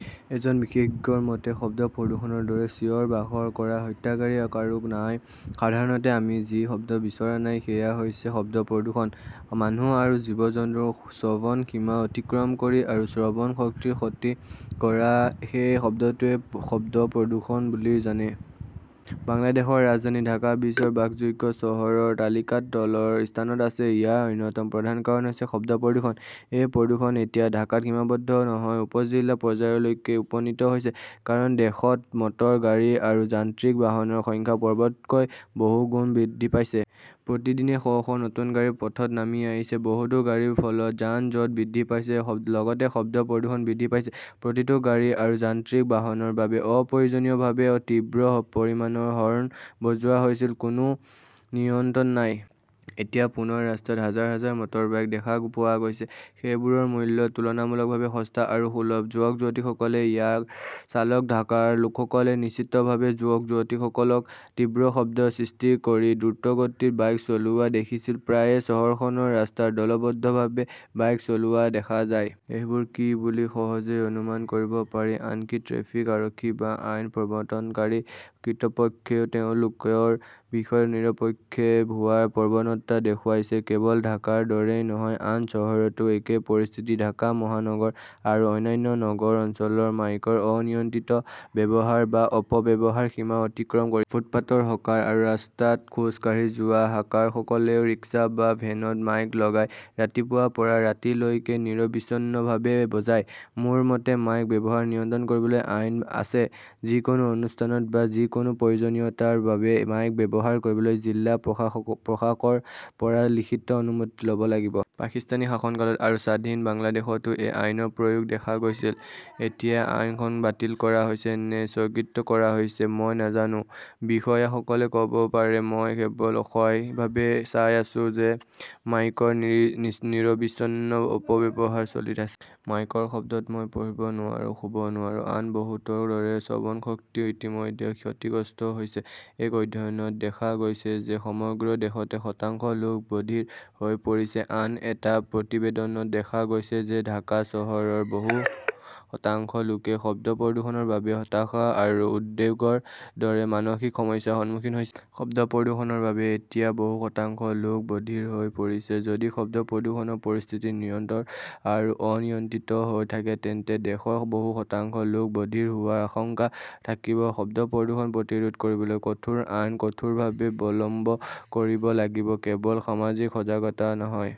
এজন বিশেষজ্ঞৰ মতে-'শব্দ প্ৰদূষণৰ দৰে চিঞৰ-বাখৰ কৰা হত্যাকাৰী আৰু নাই। সাধাৰণতে আমি যি শব্দ বিচৰা নাই সেয়া হৈছে শব্দ প্ৰদূষণ। মানুহ আৰু জীৱ-জন্তুৰ শ্ৰৱণ সীমা অতিক্ৰম কৰি আৰু শ্ৰৱণ শক্তিৰ ক্ষতি কৰা সেই শব্দটোৱেই শব্দ প্ৰদূষণ বুলি জানে। "বাংলাদেশৰ ৰাজধানী ঢাকা বিশ্বৰ বাসযোগ্য চহৰৰ তালিকাত তলৰ স্থানত আছে।"ইয়াৰ অন্যতম প্ৰধান কাৰণ হৈছে শব্দ প্ৰদূষণ। এই প্ৰদূষণ এতিয়া ঢাকাত সীমাবদ্ধ নহয়, উপ-জিলা পৰ্যায়লৈকে উপনীত হৈছে। কাৰণ দেশত মটৰ গাড়ী আৰু যান্ত্ৰিক বাহনৰ সংখ্যা পূৰ্বতকৈ বহুগুণ বৃদ্ধি পাইছে। প্ৰতিদিনে শ শ নতুন গাড়ী পথত নামি আহিছে। বহুতো গাড়ীৰ ফলত যান-জঁট বৃদ্ধি পাইছে, লগতে শব্দ প্ৰদূষণ বৃদ্ধি পাইছে। প্ৰতিটো গাড়ী আৰু যান্ত্ৰিক বাহনৰ বাবে-অপ্ৰয়োজনীয়ভাৱে তীব্ৰ পৰিমাণৰ হৰ্ণ বজোৱা হৈছিল। কোনো নিয়ন্ত্ৰণ নাই। এতিয়া পুনৰ ৰাস্তাত হাজাৰ হাজাৰ মটৰবাইক দেখা পোৱা গৈছে। সেইবোৰৰ মূল্য তুলনামূলকভাৱে সস্তা আৰু সুলভ। যুৱক-যুৱতীসকলে ইয়াৰ চালক। ঢাকাৰ লোকসকলে নিশ্চিতভাৱে যুৱক-যুৱতীসকলক তীব্ৰ শব্দ সৃষ্টি কৰি দ্ৰুতগতিত বাইক চলোৱা দেখিছিল। প্ৰায়ে চহৰখনৰ ৰাস্তাত দলবদ্ধভাৱে বাইক চলোৱা দেখা যায়। এইবোৰ কি বুলি সহজেই অনুমান কৰিব পাৰি। আনকি ট্ৰেফিক আৰক্ষী বা আইন প্ৰৱৰ্তনকাৰী কৰ্তৃপক্ষইও তেওঁলোকৰ বিষয়ে নিৰপেক্ষ হোৱাৰ প্ৰৱণতা দেখুৱাইছে। কেৱল ঢাকাৰ দৰেই নহয়, আন চহৰতো একেই পৰিস্থিতি। ঢাকা মহানগৰ আৰু অন্যান্য নগৰ অঞ্চলত মাইকৰ অনিয়ন্ত্ৰিত ব্যৱহাৰ বা অপব্যৱহাৰ সীমা অতিক্ৰম কৰিছে। ফুটপাতৰ হকাৰ আৰু ৰাস্তাত খোজ কাঢ়ি যোৱা হকাৰসকলেও ৰিক্সা বা ভেনত মাইক লগাই ৰাতিপুৱাৰ পৰা ৰাতি লৈকে নিৰবিচ্ছিন্নভাৱে বজায়। মোৰ মতে, মাইক ব্যৱহাৰ নিয়ন্ত্ৰণ কৰিবলৈ আইন আছে। যিকোনো অনুষ্ঠানত বা যিকোনো প্ৰয়োজনীয়তাৰ বাবে মাইক ব্যৱহাৰ কৰিবলৈ জিলা প্ৰশাসকৰ পৰা লিখিত অনুমতি ল'ব লাগিব। পাকিস্তানী শাসনকালত আৰু স্বাধীন বাংলাদেশতো এই আইনৰ প্ৰয়োগ দেখা গৈছিল। এতিয়া আইনখন বাতিল কৰা হৈছে নে স্থগিত কৰা হৈছে? মই নাজানো। বিষয়াসকলে ক'ব পাৰে। মই কেৱল অসহায়ভাৱে চাই আছো যে মাইকৰ নিৰবিচ্ছিন্ন অপব্যৱহাৰ চলি আছে। মাইকৰ শব্দত মই পঢ়িব নোৱাৰোঁ, শুব নোৱাৰোঁ। আন বহুতৰ দৰে শ্ৰৱণশক্তিও ইতিমধ্যে ক্ষতিগ্ৰস্ত হৈছে। এক অধ্যয়নত দেখা গৈছে যে সমগ্ৰ দেশতে শতাংশ লোক বধিৰ হৈ পৰিছে। আন এটা প্ৰতিবেদনত দেখা গৈছে যে ঢাকা চহৰৰ বহু শতাংশ লোকে শব্দ প্ৰদূষণৰ বাবে হতাশা আৰু উদ্বেগৰ দৰে মানসিক সমস্যাৰ সন্মুখীন হৈছে। শব্দ প্ৰদূষণৰ বাবে এতিয়া বহু শতাংশ লোক বধিৰ হৈ পৰিছে। যদি শব্দ প্ৰদূষণৰ পৰিস্থিতি নিৰন্তৰ আৰু অনিয়ন্ত্ৰিত হৈ থাকে, তেন্তে দেশৰ বহু শতাংশ লোক বধিৰ হোৱাৰ আশংকা থাকিব। শব্দ প্ৰদূষণ প্ৰতিৰোধ কৰিবলৈ কঠোৰ আইন কঠোৰভাৱে বলৱৎ কৰিব লাগিব, কেৱল সামাজিক সজাগতা নহয়।